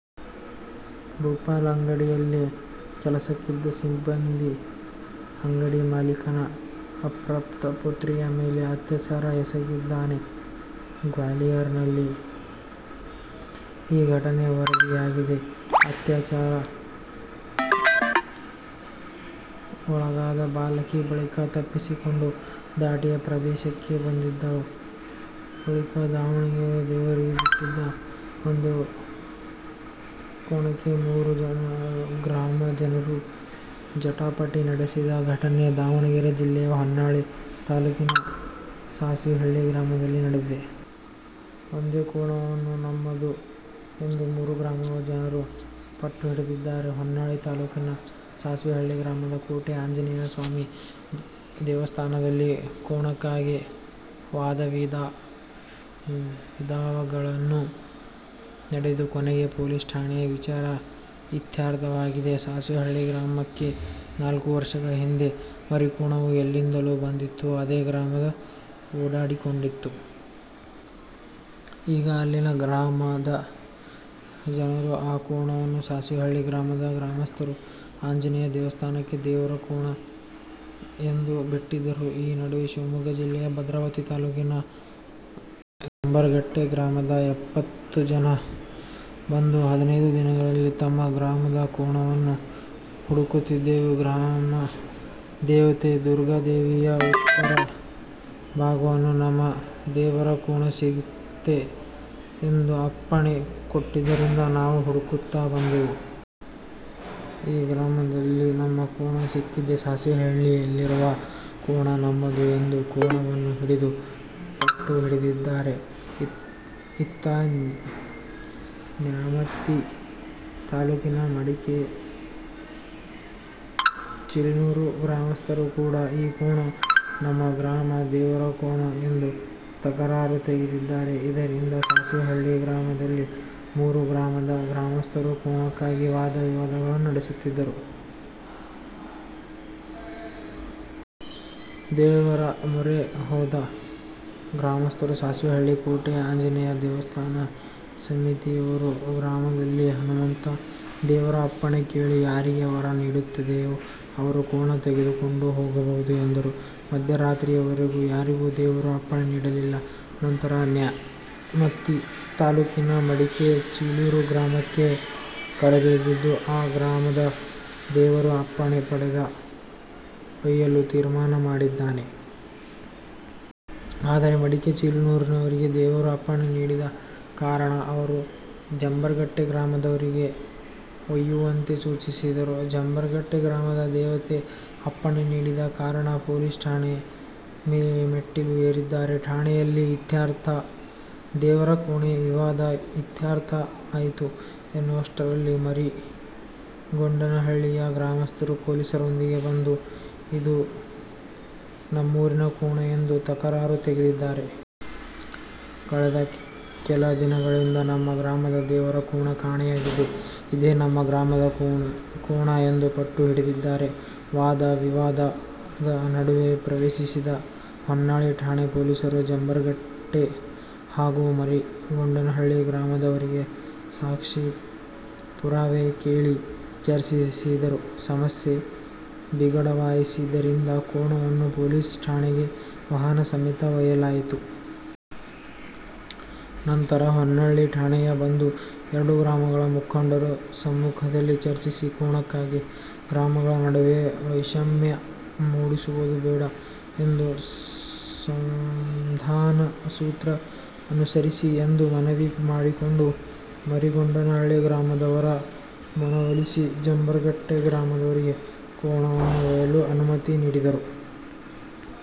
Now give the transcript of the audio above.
ಭೋಪಾಲ್: ಅಂಗಡಿಯಲ್ಲಿ ಕೆಲಸಕ್ಕಿದ್ದ ಸಿಬ್ಬಂದಿ ಅಂಗಡಿ ಮಾಲೀಕನ ಅಪ್ರಾಪ್ತ ಪುತ್ರಿಯ ಮೇಲೆ ಅತ್ಯಾಚಾರ ಎಸಗಿದ್ದಾನೆ. ಗ್ವಾಲಿಯರ್ ನಲ್ಲಿ ಈ ಘಟನೆ ವರದಿಯಾಗಿದೆ. ಅತ್ಯಾಚಾರಕ್ಕೆ ಒಳಗಾದ ಬಾಲಕಿ ಬಳಿಕ ತಪ್ಪಿಸಿಕೊಂಡು ಡಾಟಿಯಾ ಪ್ರದೇಶಕ್ಕೆ ಬಂದಿದ್ದಳು. ಬಳಿಕದಾವಣಗೆರೆ: ದೇವರಿಗೆ ಬಿಟ್ಟಿದ್ದ ಒಂದು ಕೋಣಕ್ಕೆ ಮೂರು ಗ್ರಾಮದ ಜನರು ಜಟಾಪಟಿ ನಡೆಸಿದ ಘಟನೆ ದಾವಣಗೆರೆ ಜಿಲ್ಲೆಯ ಹೊನ್ನಾಳಿ ತಾಲೂಕಿನ ಸಾಸ್ವಿಹಳ್ಳಿ ಗ್ರಾಮದಲ್ಲಿ ನಡೆದಿದೆ. ಒಂದೇ ಕೋಣವನ್ನು ನಮ್ಮದು ಎಂದು ಮೂರು ಗ್ರಾಮಗಳ ಜನರು ಪಟ್ಟುಹಿಡಿದಿದ್ದಾರೆ. ಹೊನ್ನಾಳಿ ತಾಲ್ಲೂಕಿನ ಸಾಸ್ವೆಹಳ್ಳಿ ಗ್ರಾಮದ ಕೋಟೆ ಆಂಜನೇಯ ಸ್ವಾಮಿ ದೇವಸ್ಥಾನದಲ್ಲಿ ಕೋಣಕ್ಕಾಗಿ ವಾದವಿವಾದಗಳು ನಡೆದು ಕೊನೆಗೆ ಪೊಲೀಸ್ ಠಾಣೆಯಲ್ಲಿ ವಿಚಾರ ಇತ್ಯರ್ಥವಾಗಿದೆ. ಸಾಸ್ವೆಹಳ್ಳಿ ಗ್ರಾಮಕ್ಕೆ ನಾಲ್ಕು ವರ್ಷಗಳ ಹಿಂದೆ ಮರಿಕೋಣವು ಎಲ್ಲಿಂದಲೋ ಬಂದಿತ್ತು. ಅದೇ ಗ್ರಾಮದಲ್ಲಿ ಓಡಾಡಿಕೊಂಡಿತ್ತು. ಈಗ ಅಲ್ಲಿನ ಗ್ರಾಮದ ಜನರು ಆ ಕೋಣವನ್ನು ಸಾಸ್ವೇಹಳ್ಳಿ ಗ್ರಾಮದ ಗ್ರಾಮಸ್ಥರು ಆಂಜನೇಯ ದೇವಸ್ಥಾನಕ್ಕೆ ದೇವರ ಕೋಣ ಎಂದು ಬಿಟ್ಟದ್ದರು. ಈ ನಡುವೆ ಶಿವಮೊಗ್ಗ ಜಿಲ್ಲೆಯ ಭದ್ರಾವತಿ ತಾಲ್ಲೂಕಿನ ಜಂಬರಗಟ್ಟೆ ಗ್ರಾಮದಿಂದ ಎಪ್ಪತ್ತು ಜನ ಬಂದು, ಹದಿನೈದು ದಿನಗಳಿಂದ ತಮ್ಮ ಗ್ರಾಮದ ಕೋಣವನ್ನು ಹುಡುಕುತ್ತಿದ್ದೆವು. ಗ್ರಾಮ ದೇವತೆ ದುರ್ಗಾದೇವಿಯು ಉತ್ತರ ಭಾಗದಲ್ಲಿ ನಮ್ಮ ದೇವರ ಕೋಣ ಸಿಗುತ್ತದೆ ಎಂದು ಅಪ್ಪಣೆ ಕೊಟ್ಟಿದ್ದರಿಂದ ನಾವು ಹುಡುಕುತ್ತ ಬಂದೆವು. ಈ ಗ್ರಾಮದಲ್ಲಿ ನಮ್ಮ ಕೋಣ ಸಿಕ್ಕಿದೆ. ಸಾಸ್ವೆಹಳ್ಳಿಯಲ್ಲಿರುವ ಕೋಣ ನಮ್ಮದು ಎಂದು ಕೋಣವನ್ನು ಹಿಡಿದು ಪಟ್ಟು ಹಿಡಿದಿದ್ದಾರೆ. ಇತ್ತ ನ್ಯಾಮತಿ ತಾಲ್ಲೂಕಿನ ಮಡಿಕೆ ಚೀಲೂರಿನ ಗ್ರಾಮಸ್ಥರು ಕೂಡ ಈ ಕೋಣ ನಮ್ಮ ಗ್ರಾಮದ ದೇವರ ಕೋಣ ಎಂದು ತಕರಾರು ತೆಗೆದಿದ್ದಾರೆ. ಇದರಿಂದ ಸಾಸ್ವೆಹಳ್ಳಿ ಗ್ರಾಮದಲ್ಲಿ ಮೂರು ಗ್ರಾಮದ ಗ್ರಾಮಸ್ಥರು ಕೋಣಕ್ಕಾಗಿ ವಾದ ವಿವಾದಗಳನ್ನು ನಡೆಸುತ್ತಿದ್ದರು. ದೇವರ ಮೊರೆ ಹೋದ ಗ್ರಾಮಸ್ಥರು: ಸಾಸ್ವೆಹಳ್ಳಿ ಕೋಟೆ ಆಂಜನೇಯ ದೇವಸ್ಥಾನ ಸಮಿತಿಯವರು ಗ್ರಾಮದಲ್ಲಿ ಹನುಮಂತ ದೇವರ ಅಪ್ಪಣೆ ಕೇಳಿ ಯಾರಿಗೆ ವರ ನೀಡುತ್ತದೆಯೋ ಅವರು ಕೋಣ ತೆಗೆದುಕೊಂಡು ಹೋಗಬಹುದು ಎಂದರು. ಮಧ್ಯರಾತ್ರಿಯವರೆಗೂ ಯಾರಿಗೂ ದೇವರು ಅಪ್ಪಣೆ ನೀಡಲಿಲ್ಲ. ನಂತರ ನ್ಯಾಮತಿ ತಾಲೂಕಿನ ಮಡಿಕೆ ಚೀಲೂರು ಗ್ರಾಮಕ್ಕೆ ಕರೆದೊಯ್ದಿದ್ದು, ಆ ಗ್ರಾಮದ ದೇವರ ಅಪ್ಪಣೆ ಪಡೆದು ಒಯ್ಯಲು ತೀರ್ಮಾನ ಮಾಡಿದ್ದಾರೆ. ಆದರೆ ಮಡಿಕೆ ಚೀಲೂರಿನವರಿಗೆ ದೇವರು ಅಪ್ಪಣೆ ನೀಡದ ಕಾರಣ ಅವರು ಜಂಬರಗಟ್ಟೆ ಗ್ರಾಮದವರಿಗೆ ಒಯ್ಯುವಂತೆ ಸೂಚಿಸಿದರು. ಜಂಬರಗಟ್ಟೆ ಗ್ರಾಮದ ದೇವತೆ ಅಪ್ಪಣೆ ನೀಡಿದ ಕಾರಣ ಪೊಲೀಸ್ ಠಾಣೆಯ ಮೆಟ್ಟಿಲು ಏರಿದ್ದಾರೆ. ಠಾಣೆಯಲ್ಲಿ ಇತ್ಯರ್ಥ: ದೇವರ ಕೋಣದ ವಿವಾದ ಇತ್ಯರ್ಥ ಆಯ್ತು ಎನ್ನುವಷ್ಟರಲ್ಲಿ ಮರಿಗೊಂಡನಹಳ್ಳಿಯ ಗ್ರಾಮಸ್ಥರು ಪೊಲೀಸರೊಂದಿಗೆ ಬಂದು, ಇದು ನಮ್ಮೂರಿನ ಕೋಣ ಎಂದು ತಕರಾರು ತೆಗೆದಿದ್ದಾರೆ. ಕಳೆದ ಕೆಲ ದಿನಗಳಿಂದ ನಮ್ಮ ಗ್ರಾಮದ ದೇವರ ಕೋಣ ಕಾಣೆಯಾಗಿದೆ. ಇದೇ ನಮ್ಮ ಗ್ರಾಮದ ಕೋಣ ಎಂದು ಪಟ್ಟು ಹಿಡಿದಿದ್ದಾರೆ. ವಾದ ವಿವಾದದ ನಡುವೆ ಪ್ರವೇಶಿದ ಹೊನ್ನಾಳಿ ಠಾಣೆ ಪೊಲೀಸರು ಬಂಜರಗಟ್ಟೆ ಹಾಗೂ ಮರಿಗೊಂಡನಹಳ್ಳಿ ಗ್ರಾಮದವರಿಂದ ಸಾಕ್ಷಿ, ಪುರಾವೆ ಕೇಳಿ ಚರ್ಚಿಸಿದರು. ಸಮಸ್ಯೆ ಬಿಗಡಾಯಿಸಿದ್ದರಿಂದ ಕೋಣವನ್ನು ಪೊಲೀಸ್ ಠಾಣೆಗೆ ವಾಹನ ಸಮೇತ ಒಯ್ಯಲಾಯಿತು. ನಂತರ ಹೊನ್ನಾಳಿ ಠಾಣೆಯ ಬಂದು, ಎರಡೂ ಗ್ರಾಮಗಳ ಮುಖಂಡರ ಸಮ್ಮುಖದಲ್ಲಿ ಚರ್ಚಿಸಿ, ಕೋಣಕ್ಕಾಗಿ ಗ್ರಾಮಗಳ ನಡುವೆ ವೈಷಮ್ಯ ಮೂಡಿಸುವುದು ಬೇಡ ಎಂದು ಸಂಧಾನ ಸೂತ್ರ ಅನುಸರಿಸಿ ಎಂದು ಮನವಿ ಮಾಡಿಕೊಂಡು, ಮರಿಗೊಂಡನಹಳ್ಳಿ ಗ್ರಾಮದವರ ಮನವೊಲಿಸಿ ಜಂಬರಗಟ್ಟೆ ಗ್ರಾಮದವರಿಗೆ ಕೋಣವನ್ನು ಒಯ್ಯಲು ಅನುಮತಿ ನೀಡಿದರು.